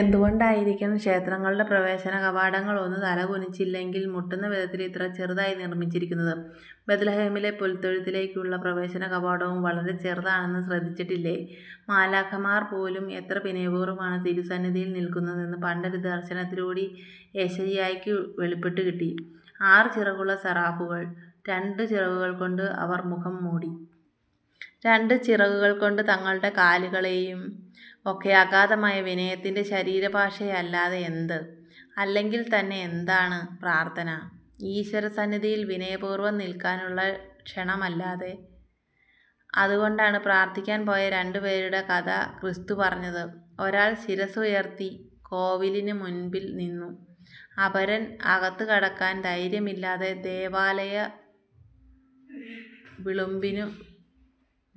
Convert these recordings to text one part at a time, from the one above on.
എന്തുകൊണ്ടായിരിക്കണം ക്ഷേത്രങ്ങളുടെ പ്രവേശനകവാടങ്ങൾ ഒന്നു തലകുനിച്ചില്ലെങ്കിൽ മുട്ടുന്നവിധത്തിൽ ഇത്ര ചെറുതായി നിർമിച്ചിരിക്കുന്നത്. ബത്ലഹേമിലെ പുൽത്തൊഴുത്തിലേക്കുള്ള പ്രവേശനകവാടവും വളരെ ചെറുതാണെന്ന് ശ്രദ്ധിച്ചിട്ടില്ലേ. മാലാഖമാർപോലും എത്ര വിനയപൂർവമാണ് തിരുസന്നിധിയിൽ നില്ക്കുന്നതെന്ന് പണ്ടൊരു ദർശനത്തിലൂടെ ഏശയ്യായ്ക്കു വെളിപ്പെട്ടു കിട്ടി. ആറു ചിറകുകളുള്ള സെറാഫുകൾ. രണ്ടു ചിറകുകൾകൊണ്ട് അവർ മുഖം മൂടി. രണ്ടു ചിറകുകൾകൊണ്ട് തങ്ങളുടെ കാലുകളെയും. ഒക്കെ അഗാധമായ വിനയത്തിന്റെ ശരീരഭാഷയല്ലാതെയെന്ത്. അല്ലെങ്കിൽത്തന്നെയെന്താണ് പ്രാർഥന. ഈശ്വരസന്നിധിയിൽ വിനയപൂർവം നിൽക്കാനുള്ള ക്ഷണമല്ലാതെ. അതുകൊണ്ടാണ് പ്രാർഥിക്കാൻ പോയ രണ്ടുപേരുടെ കഥ ക്രിസ്തുപറഞ്ഞത്. ഒരാൾ ശിരസ്സുയർത്തി ശ്രീകോവിലിന് മുൻപിൽനിന്നു. അപരൻ അകത്തുകടക്കാൻ ധൈര്യമില്ലാതെ ദേവാലയ വിളുമ്പിനു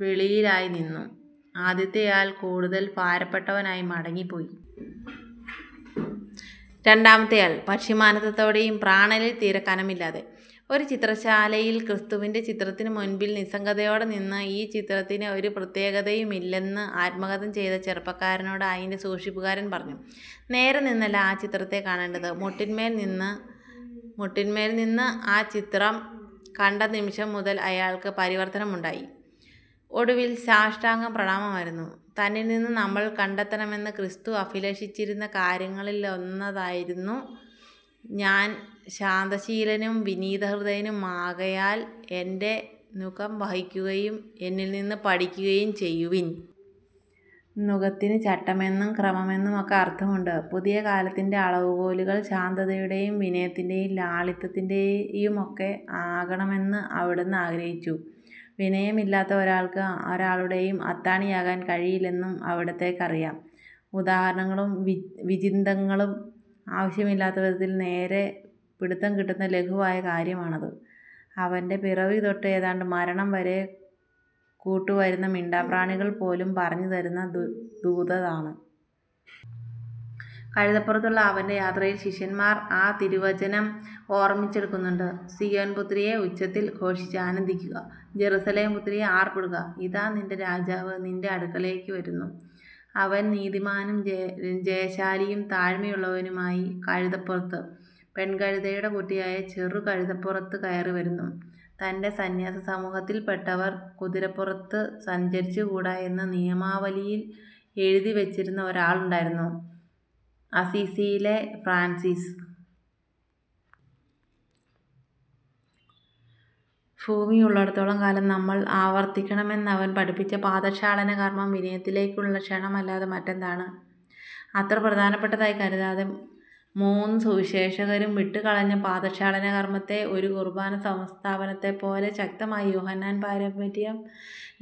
വെളിയിലായിനിന്നു. ആദ്യത്തെയാൾ കൂടുതൽ ഭാരപ്പെട്ടവനായി മടങ്ങിപ്പോയി. രണ്ടാമത്തെയാൾ പക്ഷിമാനസത്തോടെയും. പ്രാണനിൽ തീരേ കനമില്ലാതെ. ഒരു ചിത്രശാലയിൽ ക്രിസ്തുവിന്റെ ചിത്രത്തിനുമുൻപിൽ നിസ്സംഗതയോടെ നിന്ന് 'ഈ ചിത്രത്തിന് ഒരു പ്രത്യേകതയുമില്ലെ'ന്ന് ആത്മഗതംചെയ്ത ചെറുപ്പക്കാരനോട് അതിന്റെ സൂക്ഷിപ്പുകാരൻ പറഞ്ഞു:നേരെനിന്നല്ല ആ ചിത്രത്തെ കാണേണ്ടത്, മുട്ടിന്മേൽനിന്ന്. മുട്ടിന്മേൽനിന്ന് ആ ചിത്രം കണ്ടനിമിഷം മുതൽ അയാൾക്ക് പരിവർത്തനമുണ്ടായി. ഒടുവിൽ സാഷ്ടാംഗപ്രണാമമായിരുന്നു. തന്നിൽനിന്ന് നമ്മൾ കണ്ടെത്തണമെന്ന് ക്രിസ്തു അഭിലഷിച്ചിരുന്ന കാര്യങ്ങളിലൊന്നതായിരുന്നു:ഞാൻ ശാന്തശീലനും വിനീതഹൃദയനുമാകയാൽ എന്റെ നുകം വഹിക്കുകയും എന്നിൽനിന്ന് പഠിക്കുകയും ചെയ്യുവിൻ. നുകത്തിന് ചട്ടമെന്നും ക്രമമെന്നുമൊക്കെ അർഥമുണ്ട്. പുതിയ കാലത്തിന്റെ അളവുകോലുകൾ ശാന്തതയുടെയും വിനയത്തിന്റെയും ലാളിത്യത്തിന്റെയുമൊക്കെ ആകണമെന്ന് അവിടുന്ന് ആഗ്രഹിച്ചു. വിനയമില്ലാത്ത ഒരാൾക്ക് ഒരാളുടെയും അത്താണിയാകാൻ കഴിയില്ലെന്നും അവിടുത്തേക്ക് അറിയാം. ഉദാഹരണങ്ങളും വിചിന്തനങ്ങളും ആവശ്യമില്ലാത്തവിധത്തിൽ നേരേ പിടുത്തംകിട്ടുന്ന ലഘുവായ കാര്യമാണത്. അവന്റെ പിറവിതൊട്ട് ഏതാണ്ട് മരണംവരെ കൂട്ടുവരുന്ന മിണ്ടാപ്രാണികൾപോലും പറഞ്ഞുതരുന്ന ദൂതതാണ്. കഴുതപ്പുറത്തുള്ള അവന്റെ യാത്രയിൽ ശിഷ്യന്മാർ ആ തിരുവചനം ഓർമിച്ചെടുക്കുന്നുണ്ട്. സീയോൻപുത്രിയേ, ഉച്ചത്തിൽ ഘോഷിച്ച് ആനന്ദിക്കുക. ജറുസലേം പുത്രിയേ, ആർപ്പിടുക. ഇതാ നിന്റെ രാജാവ് നിന്റെ അടുക്കലേക്ക് വരുന്നു. അവൻ നീതിമാനും ജയശാലിയും താഴ്മയുള്ളവനുമായി കഴുതപ്പുറത്ത്, പെൺകഴുതയുടെ കുട്ടിയായ ചെറുകഴുതപ്പുറത്ത് കയറിവരുന്നു. തന്റെ സന്ന്യാസസമൂഹത്തിൽപ്പെട്ടവർ കുതിരപ്പുറത്ത് സഞ്ചരിച്ചുകൂടായെന്ന് നിയമാവലിയിൽ എഴുതിവെച്ചിരുന്ന ഒരാളുണ്ടായിരുന്നു അസ്സീസിയിലെ ഫ്രാൻസിസ്. ഭൂമിയുള്ളിടത്തോളം കാലം നമ്മൾ ആവർത്തിക്കണമെന്നവൻ പഠിപ്പിച്ച പാദക്ഷാളനകർമം വിനയത്തിലേക്കുള്ള ക്ഷണമല്ലാതെ മറ്റെന്താണ്. അത്ര പ്രധാനപ്പെട്ടതായി കരുതാതെ മൂന്നു സുവിശേഷകരും വിട്ടുകളഞ്ഞ പാദക്ഷാളനകർമത്തെ ഒരു കുർബാന സംസ്ഥാപനത്തെപ്പോലെ ശക്തമായി യോഹന്നാൻ പാരമ്പര്യം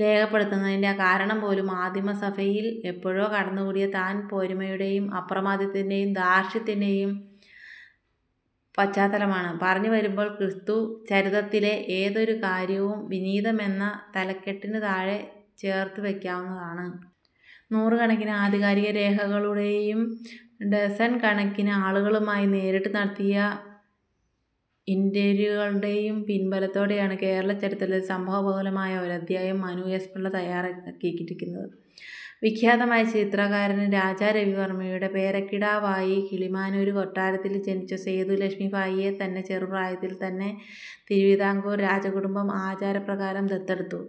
രേഖപ്പെടുത്തുന്നതിന്റെ കാരണംപോലും ആദിമസഭയിൽ എപ്പോഴോ കടന്നുകൂടിയ താൻപോരിമയുടെയും അപ്രമാദിത്വത്തിന്റെയും ധാർഷ്ട്യത്തിന്റെയും പശ്ചാത്തലമാണ്. പറഞ്ഞുവരുമ്പോൾ ക്രിസ്തുചരിതത്തിലെ ഏതൊരു കാര്യവും വിനീതമെന്ന തലക്കെട്ടിനുതാഴെ ചേർത്തുവെക്കാവുന്നതാണ്. നൂറുകണക്കിന് ആധികാരിക രേഖകളുടെയും ഡസണ് കണക്കിന് ആളുകളുമായി നേരിട്ട് നടത്തിയ ഇന്റര്വ്യൂകളുടെയും പിന്ബലത്തോടെയാണ് കേരളചരിത്രത്തിലെ സംഭവബഹുലമായ ഒരധ്യായം മനു എസ്. പിള്ള തയ്യാറാക്കിയിരിക്കുന്നത്. വിഖ്യാത ചിത്രകാരന് രാജാ രവിവര്മയുടെ പേരക്കിടാവായി കിളിമാനൂര് കൊട്ടാരത്തില് ജനിച്ച സേതു ലക്ഷ്മി ഭായിയെ നന്നെ ചെറുപ്രായത്തില് തന്നെ തിരുവിതാംകൂര് രാജകുടുംബം ആചാരപ്രകാരം ദത്തെടുത്തു.